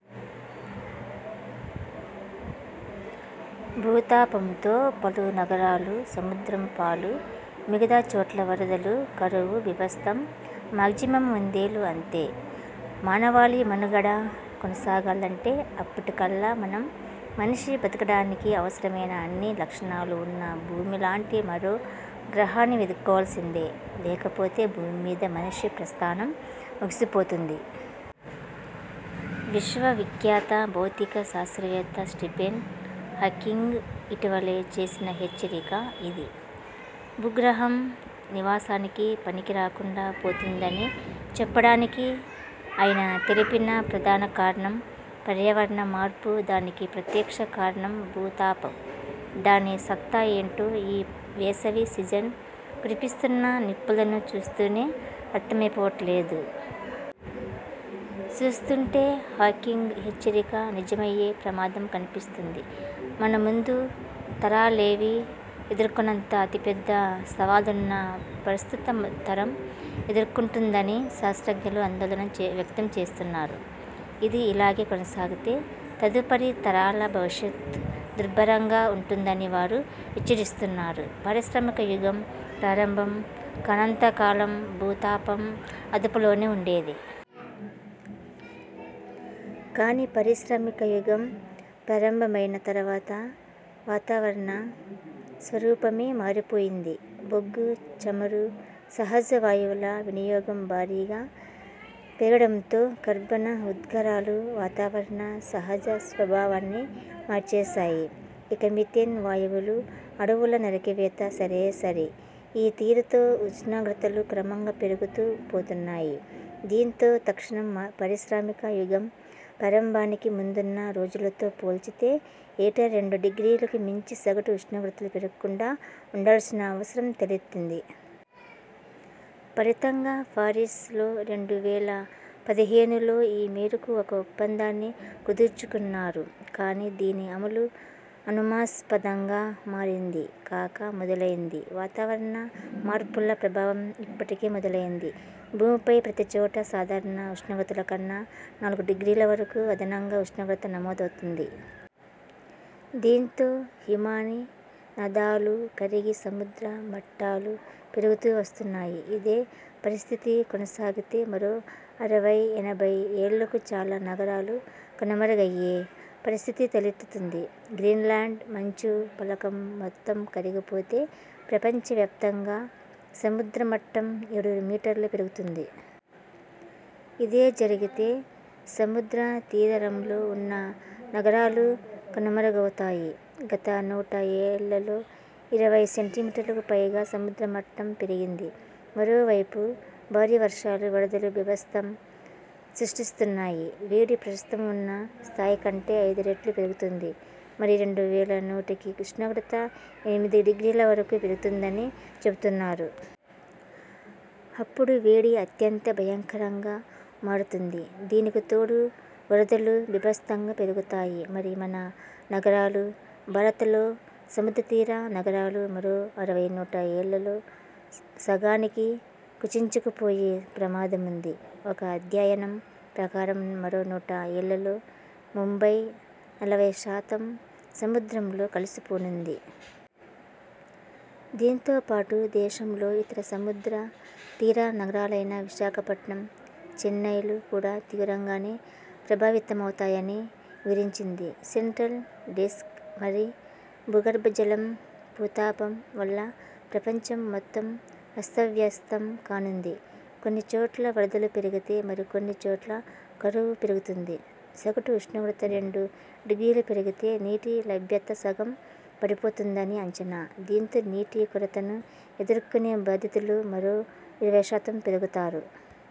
భూతాపంతో పలు నగరాలు సముద్రంపాలు మిగతా చోట్ల వరదలు కరవు బీభత్సం మాగ్జిమం వందేళ్లు అంతే! మానవాళి మనుగడ కొనసాగాలంటే అప్పటికల్లా మనం మనిషి బతకడానికి అవసరమైన అన్ని లక్షణాలూ ఉన్న భూమిలాంటి మరో గ్రహాన్ని వెతుక్కోవాల్సిందే! లేకపోతే భూమ్మీద మనిషి ప్రస్థానం ముగిసిపోతుంది. విశ్వ విఖ్యాత భౌతిక శాస్త్రవేత్త స్టీఫెన్ హాకింగ్ ఇటీవలే చేసిన హెచ్చరిక ఇది. భూగ్రహం నివాసానికి పనికిరాకుండా పోతుందని చెప్పడానికి ఆయన తెలిపిన ప్రధాన కారణం. పర్యావరణ మార్పు దానికి ప్రత్యక్ష కారణం భూతాపం. దాని సత్తా ఏంటో ఈ వేసవి సీజన్ కురిపిస్తున్న నిప్పులను చూస్తేనే అర్థమైపోవట్లేదూ? సూస్తుంటే హాకింగ్ హెచ్చరిక నిజమయ్యే ప్రమాదం కనిపిస్తోంది. మన ముందు తరాలేవీ ఎదుర్కోనంత అతిపెద్ద సవాల్ను ప్రస్తుత తరం ఎదుర్కొంటోందని శాస్త్రజ్ఞులు ఆందోళన వ్యక్తం చేస్తున్నారు. ఇది ఇలాగే కొనసాగితే తదుపరి తరాల భవిష్యత్తు దుర్భరంగా ఉంటుందని వారు హెచ్చరిస్తున్నారు. పారిశ్రామిక యుగం ప్రారంభం కానంతకాలం భూతాపం అదుపులోనే ఉండేది. కానీ పరిశామ్రిక యుగం ప్రారంభమైన తర్వాత వాతావరణ స్వరూపమే మారిపోయింది. బొగ్గు, చమురు, సహజవాయువుల వినియోగం భారీగా పెరగడంతో కర్బన ఉద్గారాలు వాతావరణ సహజ స్వభావాన్ని మార్చేశాయి. ఇక మీథేన్ వాయువులు, అడవుల నరికివేత సరేసరి. ఈ తీరుతో ఉష్ణోగ్రతలు క్రమంగా పెరుగుతూ పోతున్నాయి. దీంతో తక్షణం పరిశ్రామిక యుగం ప్రారంభానికి ముందున్న రోజులతో పోల్చితే ఏటా రెండు డిగ్రీలకు మించి సగటు ఉష్ణోగ్రతలు పెరగకుండా వుండాల్సిన అవసరం తలెత్తింది. ఫలితంగా పారిస్ లో రెండు వేల పదిహేనులో ఈ మేరకు ఒక ఒప్పందాన్ని కుదుర్చుకున్నారు. కానీ దీని అమలూ అనుమాస్పదంగా మారింది. కాక మొదలైంది.! వాతావరణ మార్పుల ప్రభావం ఇప్పటికే మొదలైంది. భూమిపై ప్రతి చోటా సాధారణ ఉష్ణోగ్రతలకన్నా నాలుగు డిగ్రీల వరకు అదనంగా ఉష్ణోగ్రత నమోదవుతోంది. దీంతో హిమానీ నదాలు కరిగి సముద్ర మట్టాలు పెరుగుతూ వస్తున్నాయి. ఇదే పరిస్థితి కొనసాగితే మరో అరవై ఎనభై ఏళ్లకు చాలా నగరాలు కనుమరుగయ్యే పరిస్థితి తలెత్తుతుంది. గ్రీన్లాండ్ మంచు ఫలకం మొత్తం కరిగిపోతే ప్రపంచ వ్యాప్తం గా సముద్ర మట్టం ఏడు మీటర్లు పెరుగుతుంది. ఇదే జరిగితే సముద్ర తీరరంలో ఉన్న నగరాలు కనుమరుగవుతాయి. గత నూట ఏళ్లలో ఇరవై సెంటీమీటర్లకు పైగా సముద్ర మట్టం పెరిగింది. మరోవైపు భారీ వర్షాలు వరదలూ బీభత్సం సృష్టిస్తున్నాయి. వేడి ప్రస్తుతం ఉన్న స్థాయికంటే ఐదు రెట్లు పెరుగుతుంది. మరి రెండు వేల నూటకి ఉష్ణోగ్రత ఎనిమిది డిగ్రీల వరకూ పెరుగుతుందని చెబుతున్నారు. అప్పుడు వేడి అత్యంత భయంకరంగా మారుతుంది. దీనికి తోడు వరదలూ బీభత్సంగా పెరుగుతాయి. మరి మన నగరాలు భారతలో సముద్ర తీర నగరాలు మరో అరవై నూట ఏళ్లలో సగానికి కుచించుకుపోయే ప్రమాదముంది. ఒక అధ్యయనం ప్రకారం మరో నూట ఏళ్లలో ముంబై నలభై శాతం సముద్రంలో కలిసిపోనుంది. దీంతో పాటు దేశంలో ఇతర సముద్ర తీర నగరాలైన విశాఖపట్నం, చెన్నైలు కూడా తీవ్రంగానే ప్రభావితమవుతాయని వివరించింది. సెంట్రల్ డెస్క్ మరి భూగర్భజలం భూతాపం వల్ల ప్రపంచం మొత్తం అస్తవ్యస్తం కానుంది. కొన్ని చోట్ల వరదలు పెరిగితే మరికొన్ని చోట్ల కరువు పెరుగుతుంది. సగటు ఉష్ణోగ్రత రెండు డిగ్రీలు పెరిగితే నీటి లభ్యత సగం పడిపోతుందని అంచనా. దీంతో నీటి కొరతను ఎదుర్కొనే బాధితులు మరో ఇరవై శాతం పెరుగుతారు.